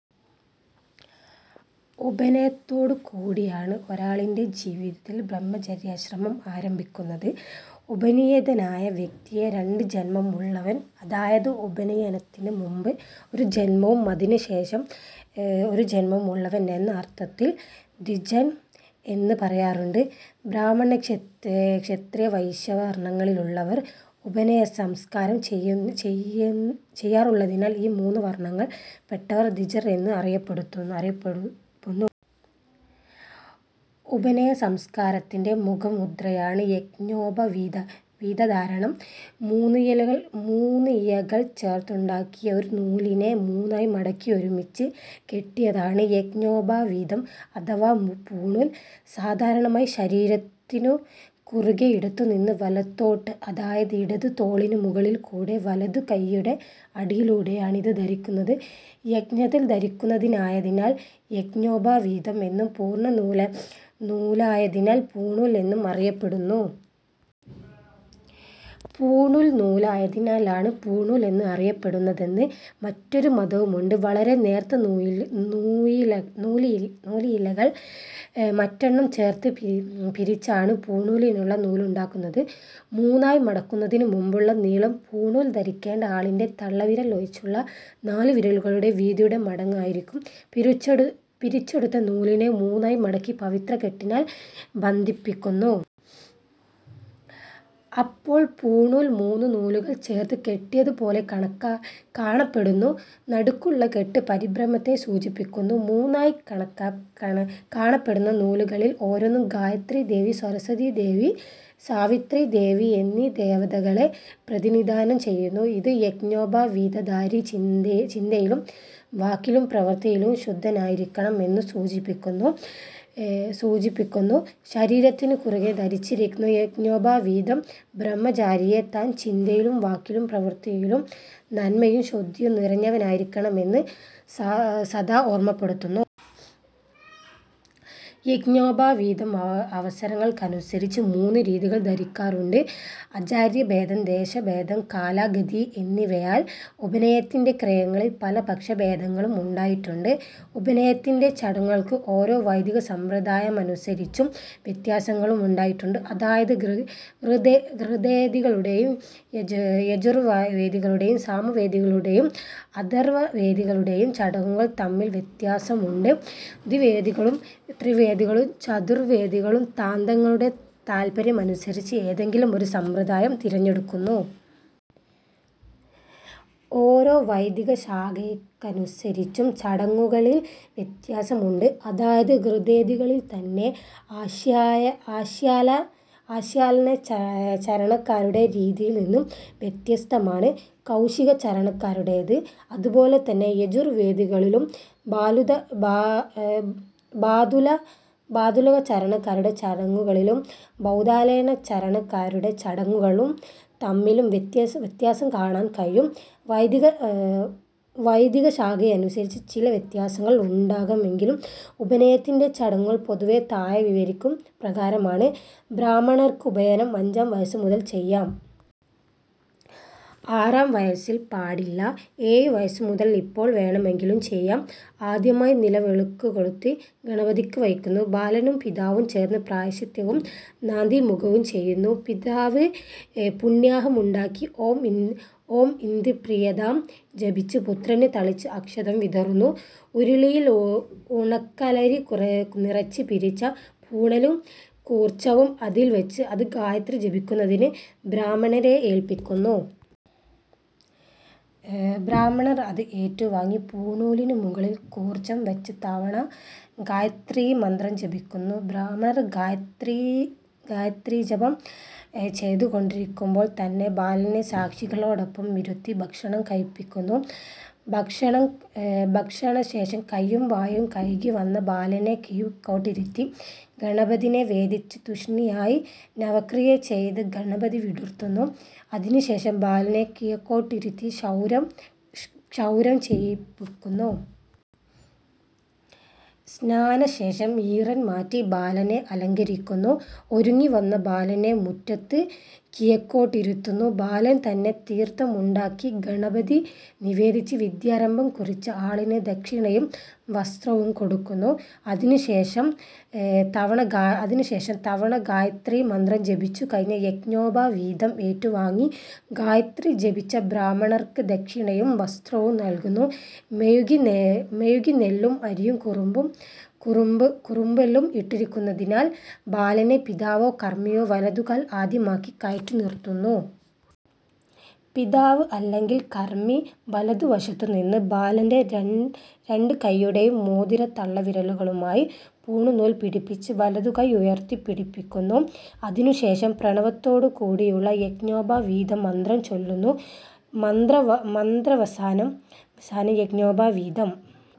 ഉപനയനത്തോടുകൂടിയാണ് ഒരാളിന്റെ ജീവിതത്തിൽ ബ്രഹ്മചര്യാശ്രമം ആരംഭിക്കുന്നത്. ഉപനീതനായ വ്യക്തിയെ 'രണ്ട് ജന്മം ഉള്ളവൻ', അതായത് ഉപനയനത്തിന് മുൻപ് ഒരു ജന്മവും അതിനുശേഷം ഒരു ജന്മവും ഉള്ളവൻ, എന്ന അർത്ഥത്തിൽ ദ്വിജൻ എന്ന് പറയാറുണ്ട്. ബ്രാഹ്മണക്ഷത്രിയവൈശ്യവർണങ്ങളിലുള്ളവർ ഉപനയനസംസ്കാരം ചെയ്യാറുള്ളതിനാൽ ഈ മൂന്നു വർണങ്ങളിലും പെട്ടവർ ദ്വിജർ എന്ന് അറിയപ്പെടുന്നു. ഉപനയനസംസ്കാരത്തിന്റെ മുഖമുദ്രയണ് യജ്ഞോപവീതധാരണം. മൂന്നിഴകൾചേർത്തുണ്ടാക്കിയ ഒരു നൂലിനെ മൂന്നായി മടക്കി ഒരുമിച്ച് കെട്ടിയതാണ് യജ്ഞോപവീതം അഥവാ പൂണൂൽ. സാധാരണയായി ശരീരത്തിനു കുറുകെ ഇടത്തുനിന്ന് വലത്തോട്ട്, അതായത് ഇടത് തോളിനു മുകളിൽക്കൂടി വലംകയ്യുടെ അടിയിലൂടെയാണ് ഇത് ധരിക്കുന്നത്. യജ്ഞത്തിൽ ധരിക്കുന്നതായതിനാൽ യജ്ഞോപവീതം എന്നും പുണ്യനൂലായതിനാൽ പൂണൂൽ എന്നും അറിയപ്പെടുന്നു. പൂണുന്ന നൂലായതിനാലാണ് പൂണൂൽ എന്ന് അറിയപ്പെടുന്നതെന്ന് മറ്റൊരു മതവുമുണ്ട്. വളരെ നേർത്ത നൂലിഴകൾ മൂന്നെണ്ണം ചേർത്ത് പിരിച്ചാണ് പൂണൂലിനുള്ള നൂലുണ്ടാക്കുന്നത്. മൂന്നായി മടക്കുന്നതിനു മുൻപുള്ള നീളം പൂണൂൽ ധരിക്കേണ്ട ആളിന്റെ തള്ളവിരൽ ഒഴിച്ചുള്ള നാലുവിരലുകളുടെ വീതിയുടെ മടങ്ങ് ആയിരിക്കും. പിരിച്ചെടുത്ത നൂലിനെ മൂന്നായി മടക്കി പവിത്രക്കെട്ടിനാൽ ബന്ധിക്കുന്നു. അപ്പോൾ പൂണൂൽ മൂന്ന് നൂലുകൾ ചേർത്ത് കെട്ടിയതുപോലെകാണപ്പെടുന്നു. നടുക്കുള്ള കെട്ട് പരബ്രഹ്മത്തെ സൂചിപ്പിക്കുന്നു. മൂന്നായി കാണപ്പെടുന്ന നൂലുകളിൽ ഓരോന്നും ഗായത്രീദേവി, സരസ്വതീദേവി സാവിത്രീദേവി, എന്നീ ദേവതകളെ പ്രതിനിധാനം ചെയ്യുന്നു. ഇത്, യജ്ഞോപവീതധാരി ചിന്തയിലും വാക്കിലും പ്രവൃത്തിയിലും ശുദ്ധനായിരിക്കണം എന്ന് സൂചിപ്പിക്കുന്നു. ശരീരത്തിനുകുറുകെ ധരിച്ചിരിക്കുന്ന യജ്ഞോപവീതം ബ്രഹ്മചാരിയെ താൻ ചിന്തയിലും വാക്കിലും പ്രവൃത്തിയിലും നന്മയും ശുദ്ധിയും നിറഞ്ഞവനായിരിക്കണമെന്ന് സദാ ഓർമപ്പെടുത്തുന്നു. യജ്ഞോപവീതം അവസരങ്ങൾക്കനുസരിച്ച് മൂന്ന് രീതിയിൽ ധരിക്കാറുണ്ട്. ആചാര്യഭേദം, ദേശഭേദം, കാലഗതി എന്നിവയാൽ ഉപനയനത്തിന്റെ ക്രിയകളിൽ പല പക്ഷഭേദങ്ങളും ഉണ്ടായിട്ടുണ്ട്. ഉപനയനത്തിന്റെ ചടങ്ങുകൾക്ക് ഓരോ വൈദികസമ്പ്രദായമനുസരിച്ചും വ്യത്യാസമുണ്ടായിട്ടുണ്ടു്. അതായത് ഋഗ്വേദികളുടെയും യജുർവേദികളുടെയും സാമവേദികളുടെയും അഥർവവേദികളുടെയും ചടങ്ങുകൾ തമ്മിൽ വ്യത്യാസമുണ്ട്. ദ്വിവേദികളും ത്രിവേദികളും ചതുർവേദികളും താന്താങ്ങളുടെ താൽപര്യമനുസരിച്ച് ഏതെങ്കിലും ഒരു സമ്പ്രദായം തിരഞ്ഞെടുക്കുന്നു. ഓരോ വൈദികശാഖയ്ക്കനുസരിച്ചും ചടങ്ങുകളിൽ വ്യത്യാസമുണ്ട്. അതായത്, ഋഗ്വേദികളിൽത്തന്നെ ആശ്വലായനചരണക്കാരുടെ രീതിയിൽ നിന്നും വ്യത്യസ്തമാണ് കൗഷീതകചരണക്കാരുടേത്. അതുപോലെതന്നെ യജുർവേദികളിലും ബാധൂലകചരണക്കാരുടെ ചടങ്ങുകളും ബൗധായനചരണക്കാരുടെ ചടങ്ങുകളും തമ്മിലും വ്യത്യാസം കാണാൻ കഴിയും. വൈദികശാഖയനുസരിച്ച് ചിലവ്യത്യാസങ്ങൾ ഉണ്ടാകാമെങ്കിലും ഉപനയനത്തിന്റെ ചടങ്ങുകൾ പൊതുവെ താഴെ വിവരിക്കും പ്രകാരമാണ്. ബ്രാഹ്മണർക്ക് ഉപനയനം അഞ്ചാം വയസ്സുമുതൽ ചെയ്യാം. ആറാം വയസ്സിൽ പാടില്ല. ഏഴുവയസ്സുമുതൽ എപ്പോൾ വേണമെങ്കിലും ചെയ്യാം. ആദ്യമായി നിലവിളക്കുകൊളുത്തി ഗണപതിക്ക് വയ്ക്കുന്നു. ബാലനും പിതാവും ചേർന്ന് പ്രായശ്ചിത്തവും നാന്ദീമുഖവും ചെയ്യുന്നു. പിതാവ് പുണ്യാഹമുണ്ടാക്കി "ഓം ഇന്ദ്രപ്രീയതാം" ജപിച്ച് പുത്രന് തളിച്ച് അക്ഷതം വിതറുന്നു. ഉരുളിയിൽ ഉണക്കലരി നിറച്ച് പിരിച്ച പൂണൂലും കൂർച്ചവും അതിൽ വച്ച് അത് ഗായത്രി ജപിക്കുന്നതിന് ബ്രാഹ്മണരെ ഏല്പിക്കുന്നു. ബ്രാഹ്മണർ അത് ഏറ്റുവാങ്ങി പൂണൂലിനുമുകളിൽ കൂർച്ചം വച്ച് തവണ ഗായത്രീമന്ത്രം ജപിക്കുന്നു.. ബ്രാഹ്മണർ ഗായത്രീജപം ചെയ്തുകൊണ്ടിരിക്കുമ്പോൾത്തന്നെ ബാലനെ സാക്ഷികളോടൊപ്പം ഇരുത്തി ഭക്ഷണം കഴിപ്പിക്കുന്നു. ഭക്ഷണശേഷം കൈയും വായും കഴുകിവന്ന ബാലനെ കിഴക്കോട്ടിരുത്തി ഗണപതിനിവേദിച്ച് തുഷ്ണിയായി നവക്രിയചെയ്ത് ഗണപതി വിടുർത്തുന്നു. അതിനു് ശേഷം ബാലനെ കിഴക്കോട്ടിരുത്തി ക്ഷൗരം ചെയ്യിക്കുന്നു. സ്നാനശേഷം ഈറൻ മാറ്റി ബാലനെ അലങ്കരിക്കുന്നു. ഒരുങ്ങിവരുന്ന ബാലനെ മുറ്റത്ത് കിഴക്കോട്ടിരുത്തുന്നു. ബാലൻ തന്നെ തീർഥമുണ്ടാക്കി ഗണപതി നിവേദിച്ച് വിദ്യാരംഭം കുറിച്ച ആളിന് ദക്ഷിണയും വസ്ത്രവും കൊടുക്കുന്നു. അതിനുശേഷം തവണ ഗായത്രീമന്ത്രം ജപിച്ചുകഴിഞ്ഞ യജ്ഞോപവീതം ഏറ്റുവാങ്ങി ഗായത്രി ജപിച്ച ബ്രാഹ്മണർക്ക് ദക്ഷിണയും വസ്ത്രവും നൽകുന്നു. മെഴുകി നെല്ലും അരിയും കുറുമ്പുല്ലും ഇട്ടിരിക്കുന്നതിൽ ബാലനെ പിതാവോ കർമിയോ വലതുകാൽ ആദ്യമാക്കി കയറ്റി നിർത്തുന്നു. പിതാവ് അല്ലെങ്കിൽ കർമി വലതുവശത്തുനിന്ന് ബാലന്റെ രണ്ടുകയ്യുടെയും മോതിര-തള്ളവിരലുകലായി പൂണുനൂൽ പിടിപ്പിച്ച് വലതുകൈ ഉയർത്തിപ്പിടിപ്പിക്കുന്നു. അതിനു് ശേഷം പ്രണവത്തോടുകൂടിയുള്ള യജ്ഞോപവീതമന്ത്രം ചൊല്ലുന്നു. മന്ത്രാവസാനം യജ്ഞോപവീതം